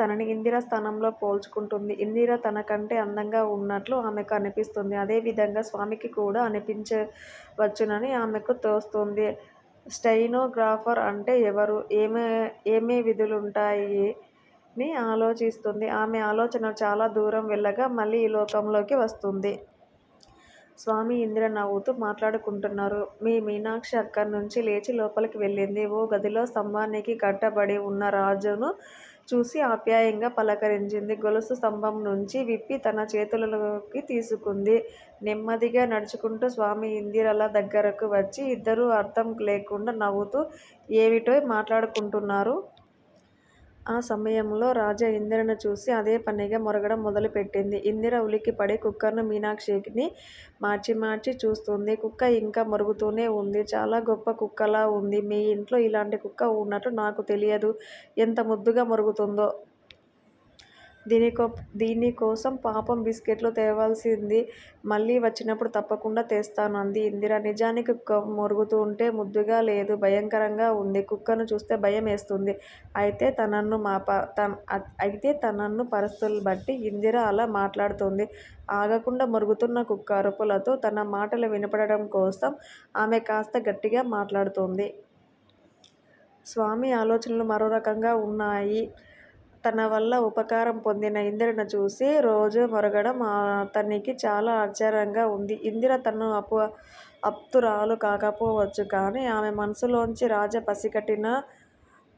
తనని ఇందిర స్థానంలో పోల్చుకుంటోంది. ఇందిర తన కంటె అందంగా ఉన్నట్లు ఆమెకు అనిపిస్తోంది. అదే విధంగా స్వామికి కూడా అనిపించవచ్చునని ఆమెకు తోస్తోంది. 'స్టెనో గ్రాఫర్ అంటే ఎవరు? ఏయే విధులుంటాయ'ని ఆలోచిస్తోంది. ఆమె ఆలోచనలు చాలా దూరం వెళ్ళగా మళ్ళీ ఈ లోకంలోకి వస్తోంది. స్వామి, ఇందిర నవ్వుతూ మాట్లాడుకుంటున్నారు. మీనాక్షి అక్కణ్ణించి లేచి లోపలకు వెళ్ళింది. ఓ గదిలో స్థంభానికి కట్టబడి ఉన్న రాజాను చూసి ఆప్యాయంగా పలకరించింది. గొలుసు స్థంభం నుంచి విప్పి-తన చేతిలోకి తీసుకుంది. నెమ్మదిగా నడుచుకుంటూ స్వామి, ఇందిరల దగ్గరకు వచ్చింది. ఇద్దరూ అర్ధం లేకుండా నవ్వుతూ, ఏమేమిటో మాట్లాడుకుంటున్నారు. ఆ సమయంలో రాజా ఇందిరను చూసి అదే పనిగా మొరగడం మొదలు పెట్టింది. ఇందిర ఉలిక్కిపడి కుక్కనూ, మీనాక్షినీ మార్చి మార్చి చూసింది. కుక్క ఇంకా మొరుగుతూనే ఉంది- చాలా గొప్ప కుక్కలా ఉంది. మీ ఇంట్లో ఇలాంటి కుక్క ఉన్నట్లు నాకు తెలియదు. ఎంత ముద్దుగా మొరుగుతోందో! దీని కోసం పాపం బిస్కట్లు తేవాల్సింది. మళ్ళీ వచ్చినప్పుడు తప్పకుండా తెస్తాను అంది ఇందిర. నిజానికి కుక్క మొరుగుతూంటే ముద్దుగా లేదు, భయంకరంగా ఉంది. కుక్కను చూస్తే భయం వేస్తోంది. అయితే తనున్న పరిస్థితులను బట్టి ఇందిర అలా మాట్లాడింది. ఆగకుండా మొరుగుతున్న కుక్క అరుపులలో తన మాటలు వినబడడం కోసం ఆమె కాస్త గట్టిగా మాట్లాడింది. స్వామి ఆలోచనలు మరో రకంగా ఉన్నాయి. తన వల్ల ఉపకారం పొందిన ఇందిరను చూచి రాజా మొరగడం అతనికి చాలా ఆశ్చర్యంగా ఉంది. ఇందిర తనకు ఆప్తురాలు కాకపోవచ్చు. కాని ఆమె మనసులోంచి రాజా పసికట్టిన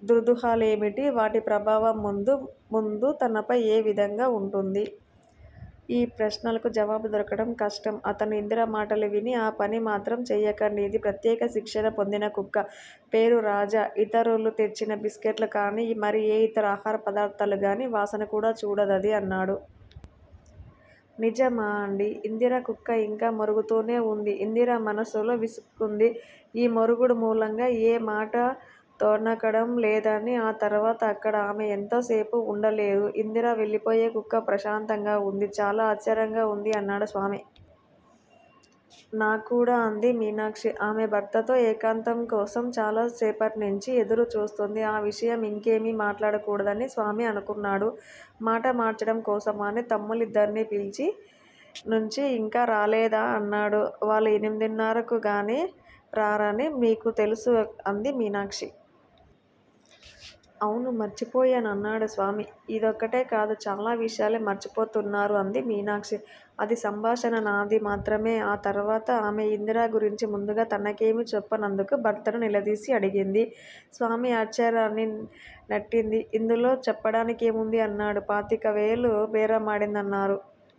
దురూహలేమిటి? వాటి ప్రభావం ముందు ముందు తనపై ఏ విధంగా ఉంటుంది? ఈ ప్రశ్నలకు జవాబు దొరకడం కష్టం. అతను ఇందిర మాటలు విని- ఆ పని మాత్రం చేయకండి. ఇది ప్రత్యేక శిక్షణ పొందిన కుక్క. పేరు రాజా. ఇతరులు తెచ్చిన బిస్కట్లూ కాని, మరి ఏ ఇతర ఆహార పదార్ధాలుగాని వాసన కూడా చూడదిది అన్నాడు. నిజమా? అంది ఇందిర. కుక్క ఇంకా మొరుగుతూనే ఉంది. ఇందిర మనస్సులో విసుక్కుంది. ఈ మొరుగు మూలంగా ఏ మాటా తొణకడం లేదని. ఆ తర్వాత అక్కడ ఆమె ఎంతో సేపు ఉండలేదు. ఇందిర వెళ్ళిపోయేక కుక్క ప్రశాంతంగా ఉంది. చాలా ఆశ్చర్యంగా ఉంది! అన్నాడు స్వామి. నాక్కూడా! అంది మీనాక్షి. ఆమె భర్తతో ఏకాంతం కోసం చాలా సేపట్నించి ఎదురు చూస్తోంది. ఈ విషయంలో ఇంకేమీ మాట్లాడకూడదని స్వామి అనుకున్నాడు. మాట మార్చడం కోసమని- తమ్ముళ్ళిద్దరూ బీచి నుంచి ఇంకా రాలేదా? అన్నాడు. వాళ్ళు ఎనిమిదిన్నరకు గానీ రారని మీకు తెలుసు అంది మీనాక్షి. అవును. మర్చిపోయాను అన్నాడు స్వామి. ఇదొక్కటే కాదు- చాలా విషయాలు మరిచిపోతున్నారు అంది మీనాక్షి. అది సంభాషణకు నాంది మాత్రమే. ఆ తర్వాత ఆమె ఇందిర గురించి ముందుగా తనకేమీ చెప్పనందుకు భర్తను నిలదీసి అడిగింది. స్వామి ఆశ్చర్యాన్ని నటించి- ఇందులో చెప్పడానికేముంది? అన్నాడు. పాతికవేల బేరముందన్నారు.